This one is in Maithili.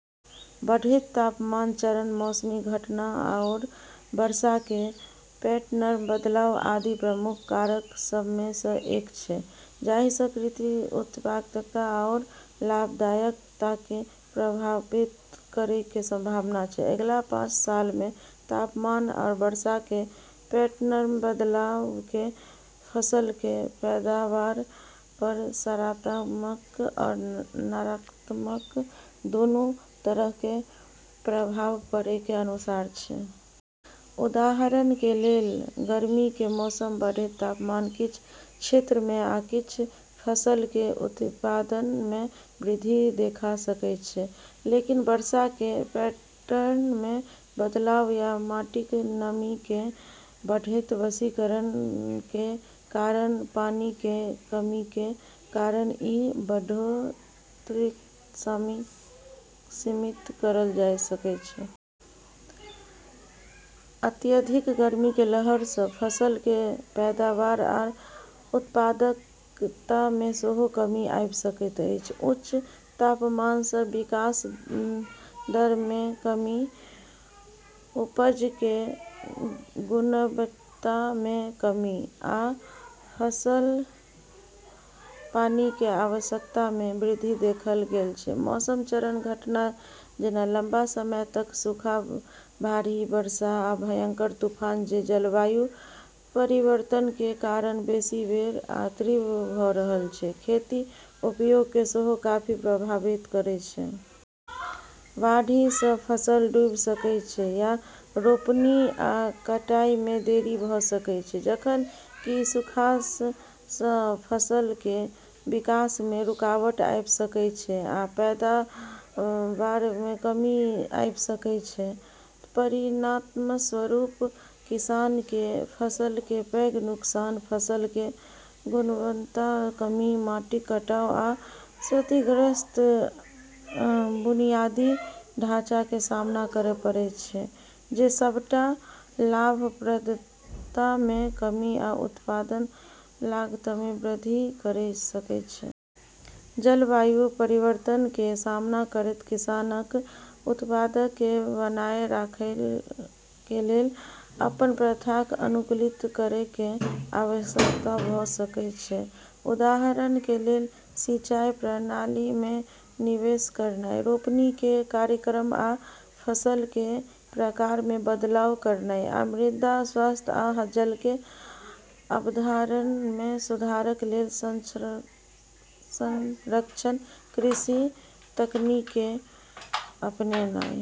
बढ़ैत तापमान, चरम मौसमी घटना, आओर वर्षाके पैटर्नमे बदलाव आदि प्रमुख कारक सभमे सँ एक छै जाहिसँ कृषि उत्पादकता आओर लाभप्रदताके प्रभावित करैके संभावना छै। अगिला पांच सालमे तापमान आ वर्षाके पैटर्नमे बदलावके फसलके पैदावार पर सकारात्मक आ नकारात्मक दुन्नू तरहके प्रभाव पड़यके अनुमान छै । उदाहरणके लेल गर्मीके मौसममे बढ़ैत तापमान किछ क्षेत्रमे आ किछ फसलके उत्पादनमे वृद्धि देखा सकै छै, लेकिन वर्षाके पैटर्नमे बदलाव या माटिक नमीके बढ़ैत वाष्पीकरणके कारण पानिक कमीके कारण ई बढ़ोत्तरीके सीमित करल जा सकै छै। अत्यधिक गर्मी के लहर सँ फसलके पैदावार आ उत्पादकतामे सेहो कमी आबि सकैत अछि; उच्च तापमानसँ विकास दरमे कमी, उपजके गुणवत्तामे कमी, आ फसल-पानिके आवश्यकतामे वृद्धि देखल गेल छै । मौसमी चरम घटना जेना लंबा समय तक सूखा, भारी वर्षा, आ भयंकर तूफान- जे जलवायु परिवर्तनके कारण बेशी बेर आ तीव्र भ' रहल छै, खेती उद्योगके सेहो काफी प्रभावित करि सकै छै । बाढ़िसँ फसल डूबि सकै छै या रोपनी आ कटाइमे देरी भ' सकै छै, जखन कि सूखासँ फसलके विकासमे रुकावट आबि सकै छै आ पैदावारमे कमी आबि सकै छै । परिणामस्वरूप किसानक फसलके पैघ नुकसान, फसलके गुणवत्तामे कमी, माटिक कटाव, आ क्षतिग्रस्त बुनियादी ढाँचाके सामना करय पड़य सकै छै, जे सबटा लाभप्रदतामे कमी आ उत्पादन लागतमे वृद्धि कयर सकै छै । जलवायु परिवर्तनके सामना करैत किसानक उत्पादकताके बनाए राखैके लेल अपन प्रथाक अनुकूलित करैके आवश्यकता भ' सकै छै, उदाहरणके लेल सिंचाई प्रणालीमे निवेश करनाइ, रोपनीके कार्यक्रम या फसलके प्रकारमे बदलाव करनाइ या मृदा स्वास्थ्य आ जलके अवधारणमे सुधारक लेल संरक्षण कृषि तकनीकके अपनेनाइ ।